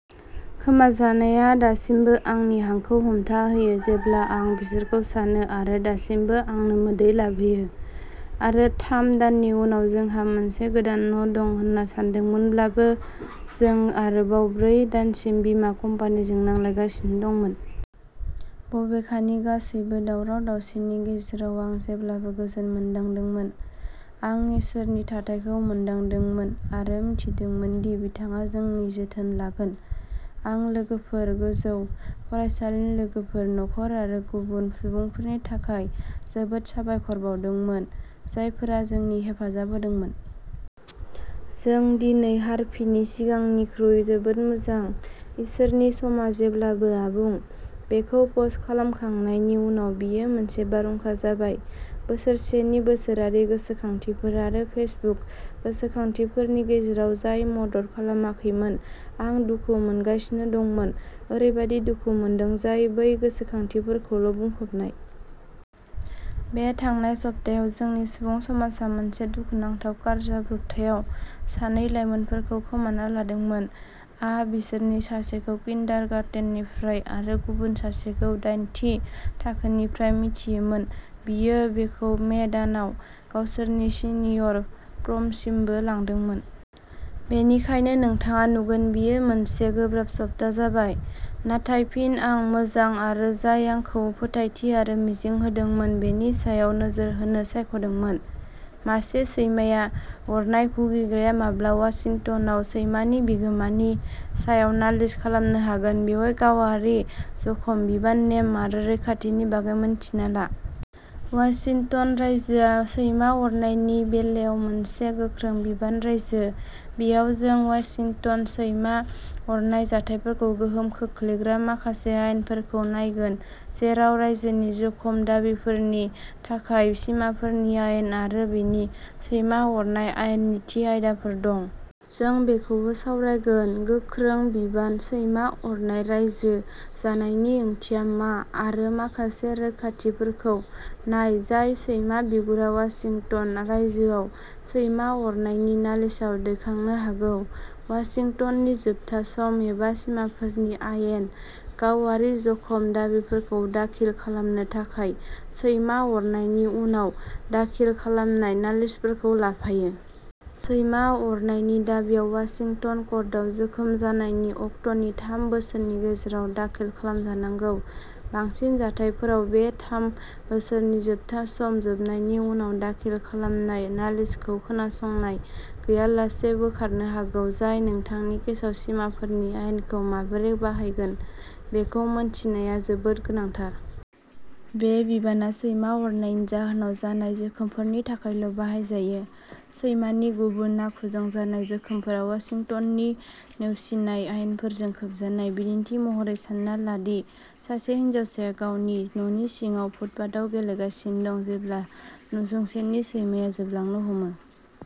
खोमाजानायआ दासिमबो आंनि हांखौ हमथाहोयो जेब्ला आं बिसोरखौ सानो आरो दासिमबो आंनो मोदै लाबोयो। आरो थाम दाननि उनाव जोंहा मोनसे गोदान न' दं होन्ना सानदोंमोनब्लाबो, जों आरोबाव ब्रै दानसिम बिमा कम्पानिजों नांलायगासिनो दंमोन। बबेखानि, गासैबो दावराव-दावसिनि गेजेराव आं जेब्लाबो गोजोन मोनदांदोंमोन। आं इसोरनि थाथायखौ मोनदांदोंमोन आरो मिन्थिदोंमोन दि बिथाङा जोंनि जोथोन लागोन। आं लोगोफोर, गोजौ फरायसालिनि लोगोफोर, नखर आरो गुबुन सुबुंफोरनि थाखाय जोबोद साबायखर बावदोंमोन, जायफोरा जोंनि हेफाजाब होदोंमोन। जों दिनै हार्भिनि सिगांनिख्रुइ जोबोद मोजां। इसोरनि समा जेब्लाबो आबुं। "बेखौ पस्ट खालामखांनायनि उनाव बेयो मोनसे बारहुंखा जाबाय। बोसोरसेनि बोसोरारि गोसोखांथिफोर आरो फेसबुक गोसोखांथिफोरनि गेजेराव, जाय मदद खालामाखैमोन, आं दुखु मोनगासिनो दंमोन। ओरैबायदि दुखु मोनदों, जाय बै गोसोखांथिफोरखौल'बुंफबनाय। बे थांनाय सप्तायाव जोंनि सुबुं समाजआ मोनसे दुखुनांथाव कार जाब्रबथायाव सानै लाइमोनफोरखौ खोमाना लादोंमोन। आ बिसोरनि सासेखौ किन्डारगार्टेननिफ्राय आरो गुबुन सासेखौ दाइन थि थाखोनिफ्राय मिथियोमोन, बियो बिखौ मे दानाव गावसोरनि सिनियर प्रमसिमबो लांदोंमोन। बेनिखायनो नोंथाङा नुगोन बेयो मोनसे गोब्राब सप्ता जाबाय। नाथाय फिन आं मोजां आरो जाय आंखौ फोथायथि आरो मिजिं होदोंमोन, बेनि सायाव नोजोर होनो सायख'दोंमोन। मासे सैमाया अरनाय भुगिग्राया माब्ला वाशिंटनआव सैमानि बिगोमानि सायाव नालिस खालामनो हागोन, बेवहाय गावारि जखम बिबान नेम आरो रैखाथिनि बागै मिन्थिना ला। वाशिंटन रायजोआ सैमा अरनायनि बेलायाव मोनसे "गोख्रों बिबान" रायजो। बेयाव, जों वाशिंटन सैमा अरनाय जाथायफोरखौ गोहोम खोख्लैग्रा माखासे आयेनफोरखौ नायगोन, जेराव रायजोनि जखम दाबिफोरनि थाखाय सिमाफोरनि आयेन आरो बेनि सैमा अरनाय आयेननि थि आयदाफोर दं। जों बेखौबो सावरायगोन। "गोख्रों बिबान" सैमा अरनाय रायजो जानायनि ओंथिया मा आरो माखासे रैखाथिफोरखौ नाय जाय सैमा बिगुरा वाशिंटन रायजोआव सैमा अरनायनि नालिसाव दैखांनो हागौ। वाशिंटननि जोबथा सम, एबा "सिमाफोरनि आयेन", गावारि जखम दाबिफोरखौ दाखिल खालामनो थाखाय सैमा अरनायनि उनाव दाखिल खालामनाय नालिसफोरखौ लाफायो। सैमा अरनायनि दाबिआ वाशिंटन कर्टआव जोखोम जानायनि अक्ट'नि थाम बोसोरनि गेजेराव दाखिल खालामजानांगौ, बांसिन जाथायफोराव। बे थाम बोसोरनि जोबथा सम जोबनायनि उनाव दाखिल खालामनाय नालिसखौ खोनासंनाय गैयालासे बोखारनो हागौ, जाय नोंथांनि केसाव सिमाफोरनि आयेनखौ माबोरै बाहायगोन बेखौ मिथिनाया जोबोद गोनांथार। बे बिबानआ सैमा अरनायनि जाहोनाव जानाय जोखोमफोरनि थाखायल'बाहायजायो। सैमानि गुबुन आखुजों जानाय जोखोमफोरा वाशिंटननि नेवसिनाय आयेनफोरजों खोबजानाय। बिदिन्थि महरै, सानना ला दि सासे हिनजावसाया गावनि न'नि सिगाङाव फुटपाथआव गेलेगासिनो दं जेब्ला नसुंसेनि सैमाया जोबलांनो हमो।